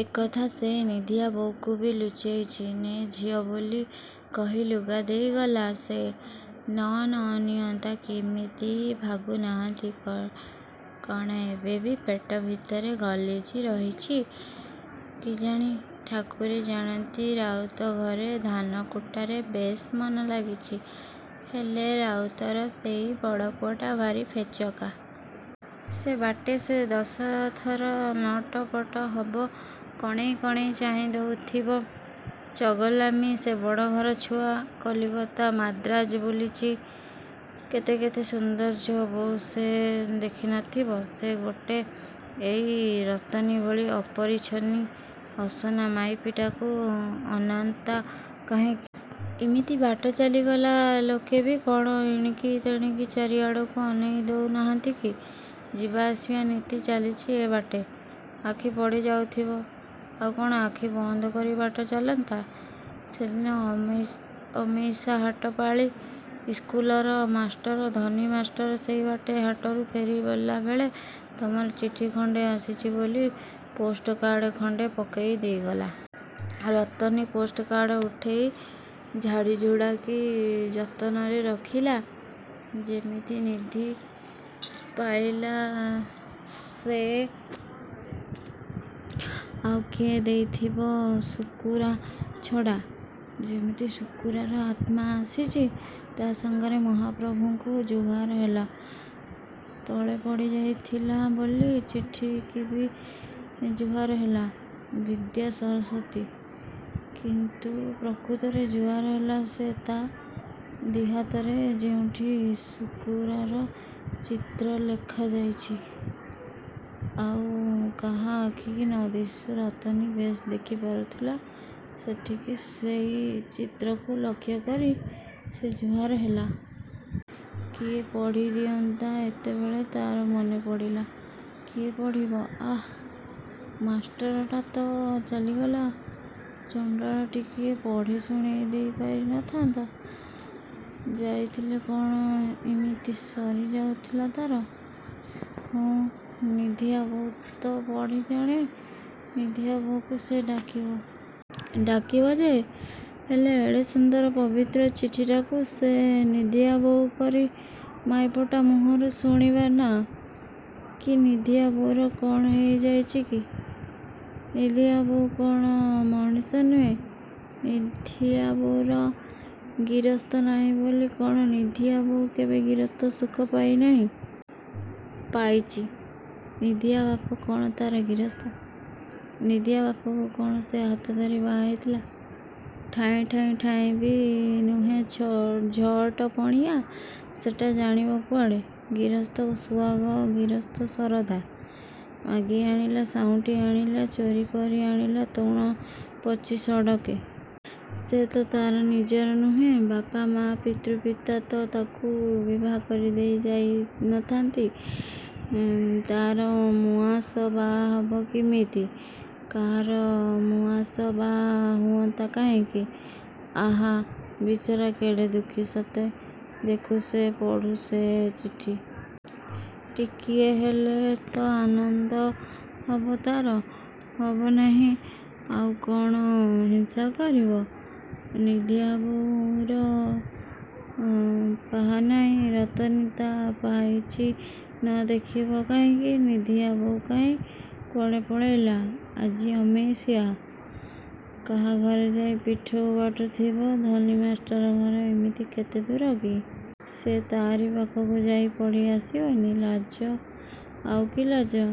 ଏକଥା ସେ ନିଧିଆବୋଉକୁବି ଲୁଚେଇଚି। ନେ ଝିଅ ବୋଲି କହି ଲୁଗା ଦେଇଗଲା ସେ। ନ ନ ନିଅନ୍ତା କିମିତି। ଭାଗୁ ମହାନ୍ତି କ କଣ ଏବେବି ପେଟ ଭିତରେ ଗଲିଜି ରଖିଚି? କିଜାଣି। ଠାକୁରେ ଜାଣନ୍ତି। ରାଉତଘରେ ଧାନକୁଟାରେ ବେଶ୍ ମନଲାଗିଛି। ହେଲେ, ରାଉତର ସେଇ ବଡ଼ପୁଅଟା ଭାରି ଫେଚକା। ସେ ବାଟେ ସେ ଦଶଥର ନଟପଟ ହବ କଣେଇ କଣେଇ ଚାହିଁ ଦଉଥିବ। ଚଗଲାମି। ସେ ବଡ଼ଘର ଛୁଆ। କଲିକତା ମାଦ୍ରାଜ ବୁଲିଚି। କେତେ କେତେ ସୁନ୍ଦର ଝୁଅ ବହୂ ସେ ଦେଖି ନଥିବ। ସେ ଗୋଟେ ଏଇ ରତନୀ ଭଳି ଅପରିଚ୍ଛନ୍ନି ଅସନା ମାଇପିଟାକୁ ଅନାନ୍ତା କାହିଁକି। ଏମିତି ବାଟ ଚାଲିଗଲା ଲୋକେବି କ'ଣ ଏଣିକି ତେଣିକି ଚାରିଆଡ଼କୁ ଅନେଇ ଦେଉନାହାନ୍ତି କି। ଯିବା ଆସିବା ନିତି ଚାଲିଚି ଏ ବାଟେ। ଆଖି ପଡ଼ିଯାଉଥିବ। ଆଉ କ'ଣ ଆଖି ବନ୍ଦ କରି ବାଟ ଚାଲନ୍ତା। ସେଦିନ ଅମେଇସ ଅମେଇସା ହାଟପାଳି। ଇସ୍କୁଲର ମାଷ୍ଟର ଧନୀ ମାଷ୍ଟର ସେଇବାଟେ ହାଟରୁ ଫେରିଗଲାବେଳେ ତମର ଚିଠିଖଣ୍ତେ ଆସିଚି ବୋଲି ପୋଷ୍ଟକାର୍ଡ଼ ଖଣ୍ତେ ପକେଇ ଦେଇଗଲା। ରତନୀ ପୋଷ୍ଟକାର୍ଡ଼ ଉଠେଇ ଝାଡ଼ିଝୁଡ଼ାକି ଯତନରେ ରଖିଲା। ଯେମିତି ନିଧି ପାଇଲା ସେ ଆଉ କିଏ ଦେଇଥିବ ଶୁକୁରା ଛଡ଼ା। ଯେମିତି ଶୁକୁରାର ଆତ୍ମା ଆସିଚି ତା' ସାଙ୍ଗରେ। ମହାପ୍ରଭୁଙ୍କୁ ଜୁହାର ହେଲା। ତଳେ ପଡ଼ିଯାଇଥିଲା ବୋଲି ଚିଠିକିବି ଜୁହାର ହେଲା। ବିଦ୍ୟା, ସରସ୍ୱତୀ କିନ୍ତୁ ପ୍ରକୃତରେ ଜୁହାର ହେଲା ସେ ତା' ଦିହାତରେ ଯେଉଁଠି ଶୁକୁରାର ଚିତ୍ର ଲେଖାଯାଇଚି ଆଉ କାହା ଆଖିକି ନ ଦିଶୁ, ରତନୀ ବେଶ୍ ଦେଖି ପାରୁଥିଲା ସେଠିକି ସେଇଚିତ୍ରକୁ ଲକ୍ଷ୍ୟକରି ସେ ଜୁହାର ହେଲା। କିଏ ପଢ଼ି ଦିଅନ୍ତା। ଏତେବେଳେ ତା'ର ମନେପଡ଼ିଲା। କିଏ ପଢ଼ିବ? ଆଃ, ମାଷ୍ଟରଟା ତ ଚାଲିଗଲା। ଚଣ୍ତାଳ ଟିକିଏ ପଢ଼ି ଶୁଣେଇ ଦେଇପାରିନଥାନ୍ତା। ଯାଇଥିଲେ କ'ଣ ଇମିତି ସରି ଯାଉଥିଲା ତାର? ହଁ, ନିଧିଆ ବୋଉ ତ ପଢ଼ି ଜାଣେ। ନିଧିଆ ବୋଉକୁ ସେ ଡାକିବ-। ଡାକିବ ଯେ, ହେଲେ ଏଡ଼େ ସୁନ୍ଦର ପବିତ୍ର ଚିଠିଟାକୁ ସେ ନିଧିଆ ବୋଉ ପରି ମାଇପଟା ମୁହଁରୁ ଶୁଣିବାନା? କି ନିଧିଆ ବୋଉର କ'ଣ ହେଇ ଯାଇଚି କି? ନିଧିଆବୋଉ କ'ଣ ମଣିଷ ନୁହେଁ? ନିଧିଆବୋଉର। ଗିରସ୍ତ ନାହିଁ ବୋଲି କ'ଣ ନିଧିଆବୋଉ କେବେ ଗିରସ୍ତ ସୁଖ ପାଇ ନାହିଁ? ପାଇଚି? ନିଧିଆ ବାପ କ'ଣ ତା'ର ଗିରସ୍ତ। ନିଧିଆ ବାପକୁ କ'ଣ ସେ ହାତ ଧରି ବାହା ହେଇଥିଲା? ଠାଇଁ ଠାଇଁ ଠାଇଁବି ନୁହେଁ ଝଅଟ ପଣିଆ। ସେଟା ଜାଣିବ କୁଆଡ଼େ ଗିରସ୍ତ ସୁଆଗ ଗିରସ୍ତ ଶରଧା? ମାଗି ଆଣିଲା, ସାଉଁଟି ଆଣିଲା, ଚୋରିକରି ଆଣିଲା ତୁଣ ପଚି ସଡ଼କେ। ସେ ତ ତା'ର ନିଜର ନୁହେଁ। ବାପା ମା ପିତୃ ପିତା ତ ତାକୁ ବିଭାକରି ଦେଇ ଯାଇ ନାହାନ୍ତି। ତାର ମୁଆଁସ ବା ହବ କିମିତି? କାହାର ମୁଆଁସ ବା ହୁଅନ୍ତା କାହିଁକି ଆହା, ବିଚରା କେଡ଼େ ଦୁଃଖୀ ସତେ ଦେଖୁ ସେ, ପଢ଼ୁ ସେ ଏ ଚିଠି। ଟିକିଏ ହେଲେ ତ ଆନନ୍ଦ ହବ ତା'ର? ହବ ନାହିଁ? ଆଉ କ'ଣ ହିଂସା କରିବ? ନିଧିଆବୋଉର ପାହା ନାହିଁ, ରତନୀ ତା ପାଇଚି ନ ଦେଖେଇବ କାହିଁକି? ନିଧିଆ ବୋଉ କାହିଁ? କୁଆଡ଼େ ପଳେଇଲା? ଆଜି ଅମେଇସିଆ । କାହାଘରେ ଯାଇ ପିଠଉ ବାଟୁଥିବ। ଧନୀ ମାଷ୍ଟର ଘର ଏମିତି କେତେ ଦୂର କି? ସେ ତା'ରି ପାଖକୁ ଯାଇ ପଢ଼ି ଆସିବନି? ଲାଜ? ଆଉ କି ଲାଜ?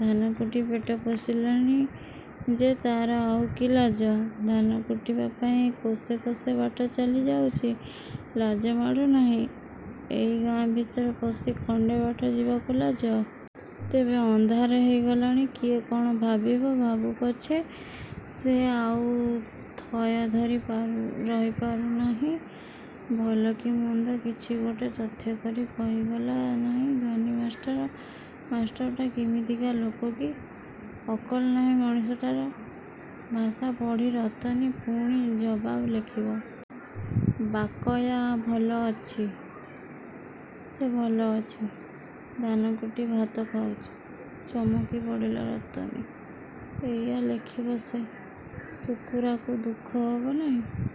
ଧାନକୁଟି ପେଟ ପୋଷିଲାଣି ଯେ ତା'ର ଆଉ କି ଲାଜ? ଧାନକୁଟିବା ପାଇଁ କୋଶେ କୋଶେ ବାଟଚାଲି ଯାଉଚି, ଲାଜମାଡ଼ୁନାହିଁ, ଏଇ ଗାଁ ଭିତରେ ପଶି ଖଣ୍ତେ ବାଟ ଯିବାକୁ ଲାଜ? ତେବେ, ଅନ୍ଧାର ହେଇ ଗଲାଣି। କିଏ କ'ଣ ଭାବିବ। ଭାବୁପଛେ, ସେ ଆଉ ଥୟ ଧରି ପାରୁ ରହିପାରୁ ନାହିଁ। ଭଲ କି ମନ୍ଦ କିଛି ଗୋଟେ ତଥ୍ୟକରି କହିଗଲା ନାହିଁ ଧନୀ ମାଷ୍ଟର। ମାଷ୍ଟରଟା କେମିତିକା ଲୋକ କି? ଅକଲ ନାହିଁ ମଣିଷଟାର। ଭାଷା ପଢ଼ି ରତନୀ ପୁଣି ଜବାବ ଲେଖିବ। ବାକୟା ଭଲ ଅଛି। ସେ ଭଲ ଅଛି। ଧାନକୁଟି ଭାତଖାଉଚି। ଚମକି ପଡ଼ିଲା ରତନୀ। ଏଇୟା ଲେଖିବ ସେ ଶୁକୁରାକୁ ଦୁଃଖ ହବ ନାହିଁ?